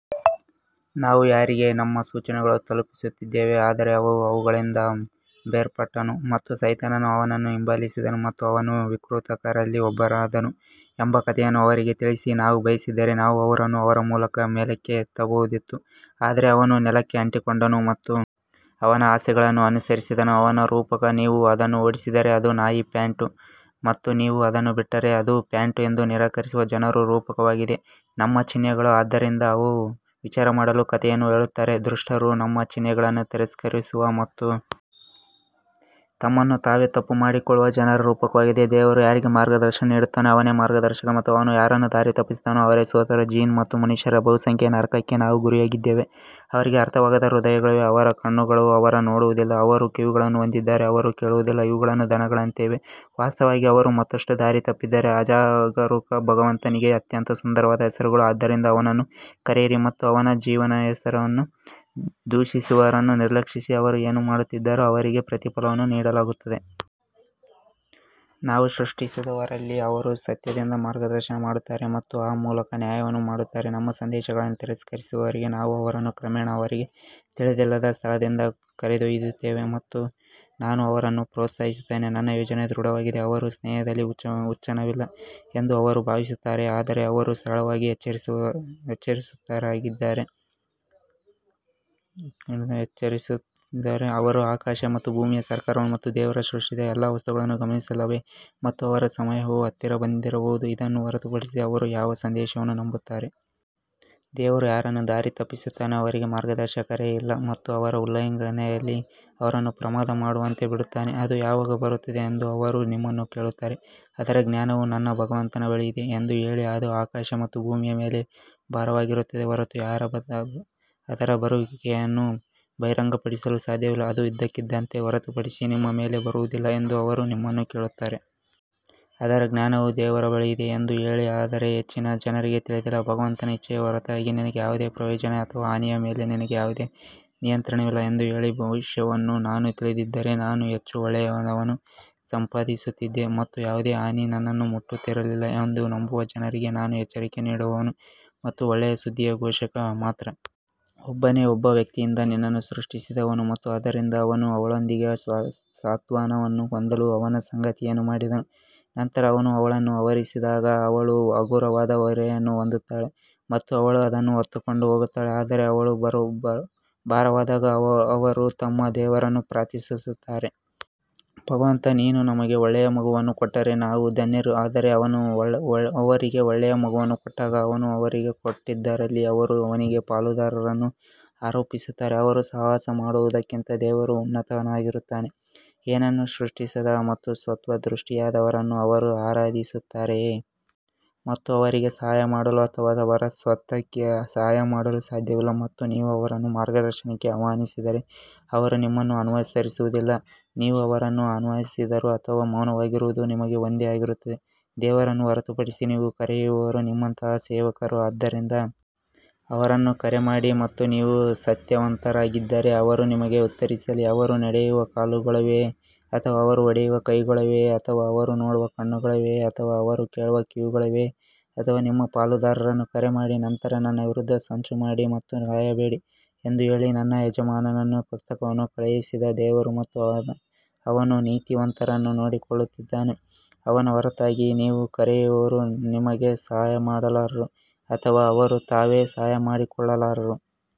ನಾವು ಯಾರಿಗೆ ನಮ್ಮ ಸೂಚನೆಗಳನ್ನು ತಲುಪಿಸಿದ್ದೇವೆ ಆದರೆ ಅವನು ಅವುಗಳಿಂದ ಬೇರ್ಪಟ್ಟನು ಮತ್ತು ಸೈತಾನನು ಅವನನ್ನು ಹಿಂಬಾಲಿಸಿದನು ಮತ್ತು ಅವನು ವಿಕೃತಕರಲ್ಲಿ ಒಬ್ಬನಾದನು ಎಂಬ ಕಥೆಯನ್ನು ಅವರಿಗೆ ತಿಳಿಸಿ. ನಾವು ಬಯಸಿದ್ದರೆ ನಾವು ಅವರನ್ನು ಅವರ ಮೂಲಕ ಮೇಲಕ್ಕೆತ್ತಬಹುದಿತ್ತು ಆದರೆ ಅವನು ನೆಲಕ್ಕೆ ಅಂಟಿಕೊಂಡನು ಮತ್ತು ಅವನ ಆಸೆಗಳನ್ನು ಅನುಸರಿಸಿದನು ಅವನ ರೂಪಕ ನೀವು ಅದನ್ನು ಓಡಿಸಿದರೆ ಅದು ನಾಯಿ ಪ್ಯಾಂಟ್ ಮತ್ತು ನೀವು ಅದನ್ನು ಬಿಟ್ಟರೆ ಅದು ಪ್ಯಾಂಟ್ ಎಂದು ನಿರಾಕರಿಸುವ ಜನರ ರೂಪಕವಾಗಿದೆ ನಮ್ಮ ಚಿಹ್ನೆಗಳು ಆದ್ದರಿಂದ ಅವರು ವಿಚಾರಮಾಡಲು ಕಥೆಯನ್ನು ಹೇಳುತ್ತಾರೆ ದುಷ್ಟರು ನಮ್ಮ ಚಿಹ್ನೆಗಳನ್ನು ತಿರಸ್ಕರಿಸುವ ಮತ್ತು ತಮ್ಮನ್ನು ತಾವೇ ತಪ್ಪುಮಾಡಿಕೊಳ್ಳುವ ಜನರ ರೂಪಕವಾಗಿದೆ ದೇವರು ಯಾರಿಗೆ ಮಾರ್ಗದರ್ಶನ ನೀಡುತ್ತಾನೋ ಅವನೇ ಮಾರ್ಗದರ್ಶಕ ಮತ್ತು ಅವನು ಯಾರನ್ನು ದಾರಿ ತಪ್ಪಿಸುತ್ತಾನೋ ಅವರೇ ಸೋತವರು ಜಿನ್ ಮತ್ತು ಮನುಷ್ಯರ ಬಹುಸಂಖ್ಯೆಯ ನರಕಕ್ಕೆ ನಾವು ಗುರಿಯಾಗಿದ್ದೇವೆ ಅವರಿಗೆ ಅರ್ಥವಾಗದ ಹೃದಯಗಳಿವೆ ಅವರಿಗೆ ಕಣ್ಣುಗಳಿವೆ ಅವರು ನೋಡುವುದಿಲ್ಲ ಅವರು ಕಿವಿಗಳನ್ನು ಹೊಂದಿದ್ದಾರೆ ಅವರು ಕೇಳುವುದಿಲ್ಲ ಇವುಗಳು ದನಗಳಂತೆ ಇವೆ ವಾಸ್ತವವಾಗಿ ಅವರು ಮತ್ತಷ್ಟು ದಾರಿತಪ್ಪಿದ್ದಾರೆ ಅಜಾಗರೂಕ ಭಗವಂತನಿಗೆ ಅತ್ಯಂತ ಸುಂದರವಾದ ಹೆಸರುಗಳು, ಆದ್ದರಿಂದ ಅವನನ್ನು ಕರೆಯಿರಿ ಮತ್ತು ಅವನ ಹೆಸರನ್ನು ದೂಷಿಸುವವರನ್ನು ನಿರ್ಲಕ್ಷಿಸಿ ಅವರು ಏನು ಮಾಡುತ್ತಿದ್ದಾರೋ ಅವರಿಗೆ ಪ್ರತಿಫಲವನ್ನು ನೀಡಲಾಗುತ್ತದೆ. ನಾವು ಸೃಷ್ಟಿಸಿದವರಲ್ಲಿ ಅವರು ಸತ್ಯದಿಂದ ಮಾರ್ಗದರ್ಶನ ಮಾಡುತ್ತಾರೆ ಮತ್ತು ಆ ಮೂಲಕ ನ್ಯಾಯವನ್ನು ಮಾಡುತ್ತಾರೆ ನಮ್ಮ ಸಂದೇಶಗಳನ್ನು ತಿರಸ್ಕರಿಸುವವರಿಗೆ ನಾವು ಅವರನ್ನು ಕ್ರಮೇಣ ಅವರಿಗೆ ತಿಳಿದಿಲ್ಲದ ಸ್ಥಳದಿಂದ ಕರೆದೊಯ್ಯುತ್ತೇವೆ ಮತ್ತು ನಾನು ಅವರನ್ನು ಪ್ರೋತ್ಸಾಹಿಸುತ್ತೇನೆ ನನ್ನ ಯೋಜನೆ ದೃಢವಾಗಿದೆ ಅವರ ಸ್ನೇಹಿತನಲ್ಲಿ ಹುಚ್ಚುತನವಿಲ್ಲ ಎಂದು ಅವರು ಭಾವಿಸುತ್ತಾರೆಯೇ ಆದರೆ ಅವರು ಸರಳವಾಗಿ ಎಚ್ಚರಿಸುವವರಾಗಿದ್ದಾರೆ ಅವರು ಆಕಾಶ ಮತ್ತು ಭೂಮಿಯ ಸರ್ಕಾರವನ್ನು ಮತ್ತು ದೇವರು ಸೃಷ್ಟಿಸಿದ ಎಲ್ಲಾ ವಸ್ತುಗಳನ್ನು ಗಮನಿಸಲಿಲ್ಲವೇ ಮತ್ತು ಅವರ ಸಮಯವು ಹತ್ತಿರ ಬಂದಿರಬಹುದು ಇದನ್ನು ಹೊರತುಪಡಿಸಿ ಅವರು ಯಾವ ಸಂದೇಶವನ್ನು ನಂಬುತ್ತಾರೆ? ದೇವರು ಯಾರನ್ನು ದಾರಿತಪ್ಪಿಸುತ್ತಾನೋ ಅವರಿಗೆ ಮಾರ್ಗದರ್ಶಕರೇ ಇಲ್ಲ ಮತ್ತು ಅವರ ಉಲ್ಲಂಘನೆಯಲ್ಲಿ ಅವರನ್ನು ಪ್ರಮಾದ ಮಾಡುವಂತೆ ಬಿಡುತ್ತಾನೆ ಅದು ಯಾವಾಗ ಬರುತ್ತದೆ ಎಂದು ಅವರು ನಿಮ್ಮನ್ನು ಕೇಳುತ್ತಾರೆ, ಅದರ ಜ್ಞಾನವು ನನ್ನ ಭಗವಂತನ ಬಳಿ ಇದೆ ಎಂದು ಹೇಳಿ, ಅದು ಆಕಾಶ ಮತ್ತು ಭೂಮಿಯ ಮೇಲೆ ಭಾರವಾಗಿರುತ್ತದೆ ಹೊರತು ಯಾರೂ ಅದರ ಬರುವಿಕೆಯನ್ನು ಬಹಿರಂಗಪಡಿಸಲು ಸಾಧ್ಯವಿಲ್ಲ, ಅದು ಇದ್ದಕ್ಕಿದ್ದಂತೆ ಹೊರತುಪಡಿಸಿ ನಿಮ್ಮ ಮೇಲೆ ಬರುವುದಿಲ್ಲ ಎಂದು ಅವರು ನಿಮ್ಮನ್ನು ಕೇಳುತ್ತಾರೆ. ಅದರ ಜ್ಞಾನವು ದೇವರ ಬಳಿ ಇದೆ ಎಂದು ಹೇಳಿ ಆದರೆ ಹೆಚ್ಚಿನ ಜನರಿಗೆ ತಿಳಿದಿಲ್ಲ ಭಗವಂತನ ಇಚ್ಛೆಯ ಹೊರತಾಗಿ ನನಗೆ ಯಾವುದೇ ಪ್ರಯೋಜನ ಅಥವಾ ಹಾನಿಯ ಮೇಲೆ ನನಗೆ ಯಾವುದೇ ನಿಯಂತ್ರಣವಿಲ್ಲ ಎಂದು ಹೇಳಿ, ಭವಿಷ್ಯವನ್ನು ನಾನು ತಿಳಿದಿದ್ದರೆ ನಾನು ಹೆಚ್ಚು ಒಳ್ಳೆಯದನ್ನು ಸಂಪಾದಿಸುತ್ತಿದ್ದೆ ಮತ್ತು ಯಾವುದೇ ಹಾನಿ ನನ್ನನ್ನು ಮುಟ್ಟುತ್ತಿರಲಿಲ್ಲ ಎಂದು ನಂಬುವ ಜನರಿಗೆ ನಾನು ಎಚ್ಚರಿಕೆ ನೀಡುವವನು ಮತ್ತು ಒಳ್ಳೆಯ ಸುದ್ದಿಯ ಘೋಷಕ ಮಾತ್ರ. ಒಬ್ಬನೇ ಒಬ್ಬ ವ್ಯಕ್ತಿಯಿಂದ ನಿನ್ನನ್ನು ಸೃಷ್ಟಿಸಿದವನು ಮತ್ತು ಅದರಿಂದ ಅವನು ಅವಳೊಂದಿಗೆ ಸಾಂತ್ವನವನ್ನು ಹೊಂದಲು ಅವನ ಸಂಗಾತಿಯನ್ನು ಮಾಡಿದನು ನಂತರ ಅವನು ಅವಳನ್ನು ಆವರಿಸಿದಾಗ ಅವಳು ಹಗುರವಾದ ಹೊರೆಯನ್ನು ಹೊಂದುತ್ತಾಳೆ ಮತ್ತು ಅವಳು ಅದನ್ನು ಹೊತ್ತುಕೊಂಡು ಹೋಗುತ್ತಾಳೆ ಆದರೆ ಅವಳು ಭಾರವಾದಾಗ ಅವರು ತಮ್ಮ ದೇವರನ್ನು ಪ್ರಾರ್ಥಿಸುತ್ತಾರೆ. ಭಗವಂತ ನೀನು ನಮಗೆ ಒಳ್ಳೆಯ ಮಗುವನ್ನು ಕೊಟ್ಟರೆ ನಾವು ಧನ್ಯರು ಆದರೆ ಅವನು ಅವರಿಗೆ ಒಳ್ಳೆಯ ಮಗುವನ್ನು ಕೊಟ್ಟಾಗ ಅವನು ಅವರಿಗೆ ಕೊಟ್ಟಿದ್ದರಲ್ಲಿ ಅವರು ಅವನಿಗೆ ಪಾಲುದಾರರನ್ನು ಆರೋಪಿಸುತ್ತಾರೆ, ಅವರು ಸಹವಾಸ ಮಾಡುವದಕ್ಕಿಂತ ದೇವರು ಉನ್ನತನಾಗಿರುತ್ತಾನೆ. ಏನನ್ನೂ ಸೃಷ್ಟಿಸದ ಮತ್ತು ಸ್ವತಃ ಸೃಷ್ಟಿಯಾದವರನ್ನು ಅವರು ಆರಾಧಿಸುತ್ತಾರೆಯೇ? ಮತ್ತು ಅವರಿಗೆ ಸಹಾಯ ಮಾಡಲು ಅಥವಾ ಅವರ ಸ್ವಂತಕ್ಕೆ ಸಹಾಯ ಮಾಡಲು ಸಾಧ್ಯವಿಲ್ಲ ಮತ್ತು ನೀವು ಅವರನ್ನು ಮಾರ್ಗದರ್ಶನಕ್ಕೆ ಆಹ್ವಾನಿಸಿದರೆ ಅವರು ನಿಮ್ಮನ್ನು ಅನುಸರಿಸುವುದಿಲ್ಲ ನೀವು ಅವರನ್ನು ಆಹ್ವಾನಿಸಿದರೂ ಅಥವಾ ಮೌನವಾಗಿರುವುದು ನಿಮಗೆ ಒಂದೇ ಆಗಿರುತ್ತದೆ. ದೇವರನ್ನು ಹೊರತುಪಡಿಸಿ ನೀವು ಕರೆಯುವವರು ನಿಮ್ಮಂತಹ ಸೇವಕರು ಆದ್ದರಿಂದ ಅವರನ್ನು ಕರೆ ಮಾಡಿ ಮತ್ತು ನೀವು ಸತ್ಯವಂತರಾಗಿದ್ದರೆ ಅವರು ನಿಮಗೆ ಉತ್ತರಿಸಲಿ ಅವರು ನಡೆಯುವ ಕಾಲುಗಳಿವೆಯೇ ಅಥವಾ ಅವರು ಹೊಡೆಯುವ ಕೈಗಳಿವೆಯೇ ಅಥವಾ ಅವರು ನೋಡುವ ಕಣ್ಣುಗಳಿವೆಯೇ ಅಥವಾ ಅವರು ಕೇಳುವ ಕಿವಿಗಳಿವೆಯೇ ಅಥವಾ ನಿಮ್ಮ ಪಾಲುದಾರರನ್ನು ಕರೆ ಮಾಡಿ ನಂತರ ನನ್ನ ವಿರುದ್ಧ ಸಂಚು ಮಾಡಿ ಮತ್ತು ಕಾಯಬೇಡಿ ಎಂದು ಹೇಳಿ ನನ್ನ ಯಜಮಾನನು ಪುಸ್ತಕವನ್ನು ಕಳುಹಿಸಿದ ದೇವರು ಮತ್ತು ಅವನು ನೀತಿವಂತರನ್ನು ನೋಡಿಕೊಳ್ಳುತ್ತಾನೆ ಅವನ ಹೊರತಾಗಿ ನೀವು ಕರೆಯುವವರು ನಿಮಗೆ ಸಹಾಯ ಮಾಡಲಾರರು ಅಥವಾ ಅವರು ತಾವೇ ಸಹಾಯ ಮಾಡಿಕೊಳ್ಳಲಾರರು.